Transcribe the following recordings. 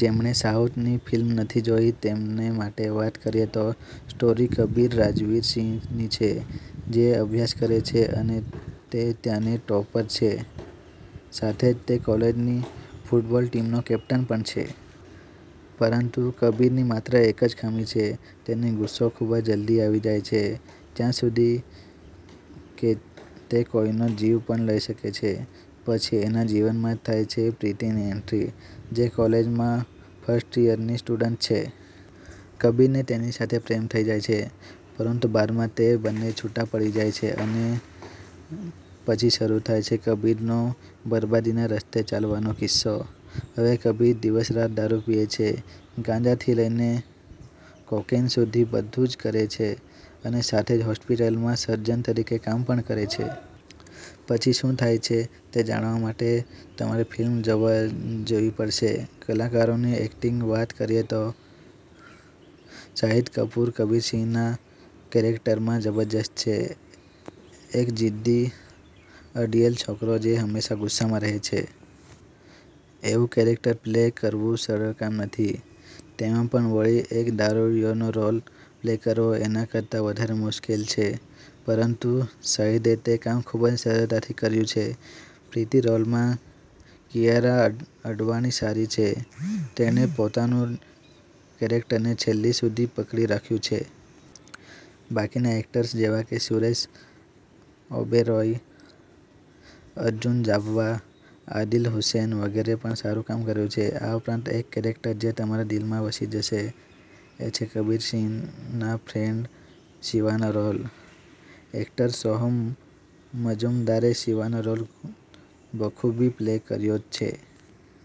જેમણે સાઉથની ફિલ્મ નથી જોઈ તેમને માટે વાત કરીએ તો સ્ટોરી કબીર રાજવીર સિંહની છે, જે અભ્યાસ કરે છે અને તે ત્યાંની ટોપર છે, સાથે જ તે કોલેજની ફુટબોલ ટીમનો કેપ્ટન પણ છે. પરંતુ કબીરની માત્ર એક જ ખામી છે, તેને ગુસ્સો ખૂબ જ જલ્દી આવી જાય છે. ત્યાં સુધી કે તે કોઈનો જીવ પણ લઈ શકે છે. પછી એના જીવનમાં થાય છે પ્રીતિની એન્ટ્રી, જે કોલેજમાં ફર્સ્ટ યરની સ્ટુડન્ટ છે. કબીરને તેની સાથે પ્રેમ થઈ જાય છે, પરંતુ બાદમાં તે બંને છૂટા પડી જાય છે અને પછી શરૂ થાય છે, કબીરનો બરબાદીના રસ્તે ચાલવાનો કિસ્સો. હવે કબીર દિવસ-રાત દારૂ પીએ છે, ગાંજાથી લઈને કોકેઈન સુધી બધુ જ કરે છે અને સાથે જ હોસ્પિટલમાં સર્જન તરીકે કામ પણ કરે છે. પછી શું થાય છે તે જાણવા માટે તમારે ફિલ્મ જોવા જવી પડશે. કલાકારોની એક્ટિંગની વાત કરીએ તો શાહિદ કપૂર, કબીર સિંહના કેરેક્ટરમાં જબરદસ્ત છે. એક જીદ્દી, અડિયલ છોકરો જે હંમેશાં ગુસ્સામાં રહે છે. એવું કેરેક્ટર પ્લે કરવું સરળ કામ નથી. તેમાં પણ વળી એક દારૂડિયોનો રોલ પ્લે કરવો એના કરતા વધારે મુશ્કેલ છે પરંતુ શાહિદે તે કામ ખૂબ જ સરળતાથી કર્યું છે. પ્રીતિ રોલમાં કિયારા અડવાણી સારી છે તેણે પોતાનું કેરેક્ટરને છેલ્લે સુધી પકડી રાખ્યું છે. બાકીના એક્ટરર્સ જેવાકે, સુરેશ ઓબેરોય, અર્જુન જાબવા, આદિલ હુસેન, વગેરેએ પણ સારું કામ કર્યું છે. આ ઉપરાંત એક કેરેક્ટર જે તમારા દિલમાં વસી જશે, એ છે કબીર સિંહ ના ફ્રેન્ડ શિવાનો રોલ. એક્ટર સોહમ મજૂંમદારે શિવાનો રોલ બખૂબી પ્લે કર્યો છે.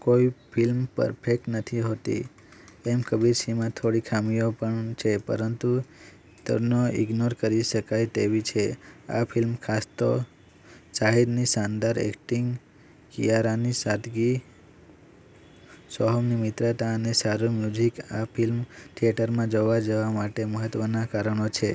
કોઈ ફિલ્મ પરફેક્ટ નથી હોતી, તેમ કબીર સિંહમાં થોડી ખામીઓ પણ છે પરંતુ તેનો ઈગ્નોર કરી શકાય તેવી છે. આ ફિલ્મ ખાસ તો શાહિદની શાનદાર એક્ટિંગ, કિયારાની સાદગી, સોહમની મિત્રતા અને સારું મ્યુઝીક આ ફિલ્મ થિયેટરમાં જોવા જવા માટે મહત્ત્વના કારણો છે.